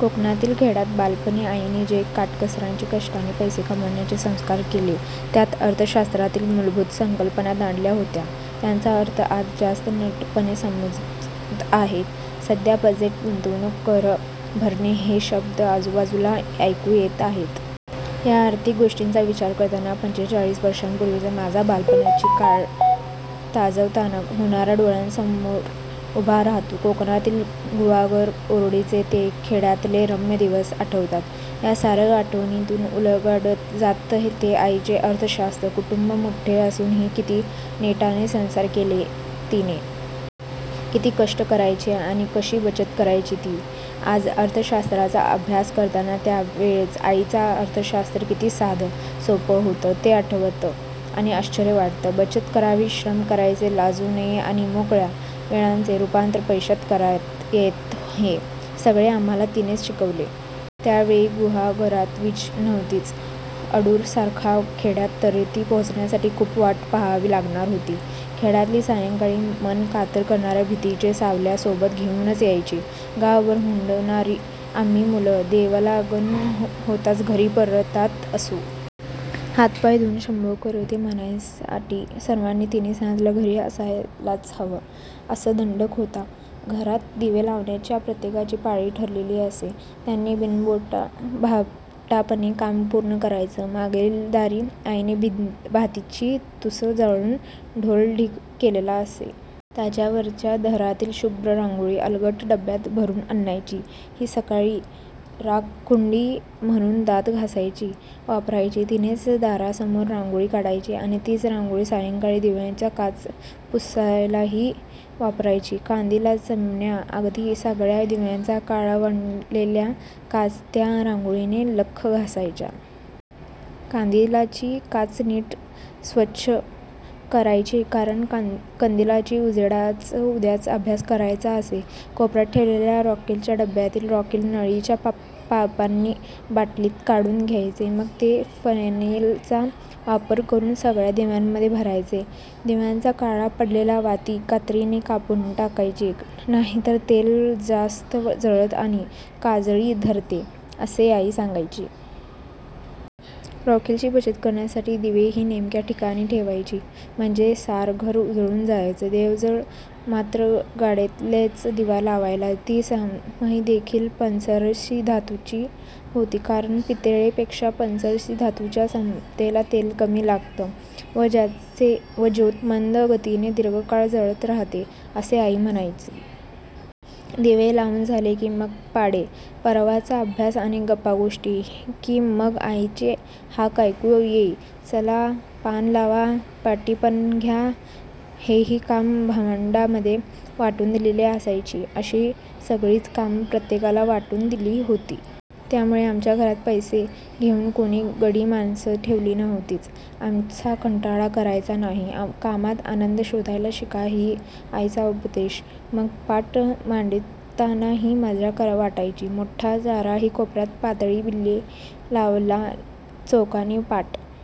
कोकणातील खेड्यात बालपणी आईने जे काटकसरीचे, कष्टाने पैसे कमावण्याचे संस्कार केले, त्यात अर्थशास्त्रातील मूलभूत संकल्पना दडल्या होत्या. त्यांचे अर्थ आज जास्त नीटपणे समजताहेत! सध्या बजेट, गुंतवणूक, कर भरणे हे शब्द आजूबाजूला ऐकू येत आहेत. या आर्थिक गोष्टींचा विचार करताना पंचेचाळीस वर्षांपूर्वीचा माझ्या बालपणीचा काळ ताजातवाना होऊन डोळ्यांसमोर उभा राहतो. कोकणातील गुहागर-अडूरचे ते खेड्यातले रम्य दिवस आठवतात. या साऱ्या आठवणींतून उलगडत जातं ते आईचं अर्थशास्त्र! कुटुंब मोठं असूनही किती नेटानं संसार केला तिने! किती कष्ट करायची आणि कशी बचत करायची ती! आज अर्थशास्त्राचा अभ्यास करताना त्या वेळचं आईचं अर्थशास्त्र किती साधं, सोपं होतं ते आठवतं आणि आश्चर्य वाटतं. बचत करावी, श्रम करायला लाजू नये आणि मोकळ्या वेळेचं रूपांतर पैशात करता येतं हे सगळं आम्हांला तिनेच शिकवलं. त्यावेळी गुहागरात वीज नव्हतीच. अडूरसारख्या खेड्यात तर ती पोहोचण्यासाठी खूप वाट पाहावी लागणार होती. खेड्यातली सायंकाळ मन कातर करणाऱ्या भीतीच्या सावल्या सोबत घेऊनच यायची. गावभर हुंदडणारी आम्ही मुलं दिवेलागण होताच घरी परतत असू. हातपाय धुऊन 'शुभंकरोती' म्हणण्यासाठी सर्वांनी तिन्हीसांजेला घरी असायलाच हवं, असा दंडक होता. घरात दिवे लावण्याची प्रत्येकाची पाळी ठरलेली असे; त्याने बिनबोभाटपणे काम पूर्ण करायचं. मागीलदारी आईने भाताची तुसं जाळून गोल ढीग केलेला असे. त्याच्या वरच्या थरातली शुभ्र रांगोळी अलगद डब्यात भरून आणायची. ही सकाळी राखुंडी म्हणून दात घासायला वापरायची; तिनेच दारासमोर रांगोळी काढायची आणि तीच रांगोळी सायंकाळी दिव्यांच्या काचा पुसायलाही वापरायची. कंदील, चिमण्या अगदी सगळ्या दिव्यांच्या काळवंडलेल्या काचा त्या रांगोळीनं लख्ख घासायच्या. कंदिलाची काच नीट स्वच्छ करायचीच, कारण कंदिलाच्या उजेडातच उद्याचा अभ्यास करायचा असे. कोपऱ्यात ठेवलेल्या रॉकेलच्या डब्यातील रॉकेल नळीच्या पंपानं बाटलीत काढून घ्यायचं, मग ते फनेलचा वापर करून सगळ्या दिव्यांमध्ये भरायचं. दिव्यांच्या काळ्या पडलेल्या वाती कात्रीने कापून टाकायच्या, नाहीतर तेल जास्त जळतं आणि काजळी धरते, असं आई सांगायची. रॉकेलची बचत करण्यासाठी दिवेही नेमक्या ठिकाणी ठेवायचे, म्हणजे सारं घर उजळून जायचं. देवाजवळ मात्र गोडेतेलाचा दिवा लावायचा. ती समईदेखील पंचरसी धातूची होती; कारण पितळेपेक्षा पंचरसी धातूच्या समईत तेल कमी लागतं व ज्योत मंद गतीने दीर्घकाळ जळत राहाते, असं आईचं म्हणणं! दिवे लावून झाले की मग पाढे, परवचा, अभ्यास आणि गप्पागोष्टी; की मग आईची हाक ऐकू येई- 'चला, पानं लावा, पाटपाणी घ्या.' हेही काम भावंडांमध्ये वाटून दिलेलं असायचं. अशी सगळीच कामं प्रत्येकाला वाटून दिली होती. त्यामुळे आमच्या घरात पैसे देऊन कुणी गडीमाणसं ठेवली नव्हतीच. कामाचा कंटाळा करायचा नाही, कामात आनंद शोधायला शिका हा आईचा उपदेश. मग पाट मांडतानाही मजा वाटायची. मोठा, चारही कोपऱ्यात पितळी बिल्ले लावलेला चौकोनी पाट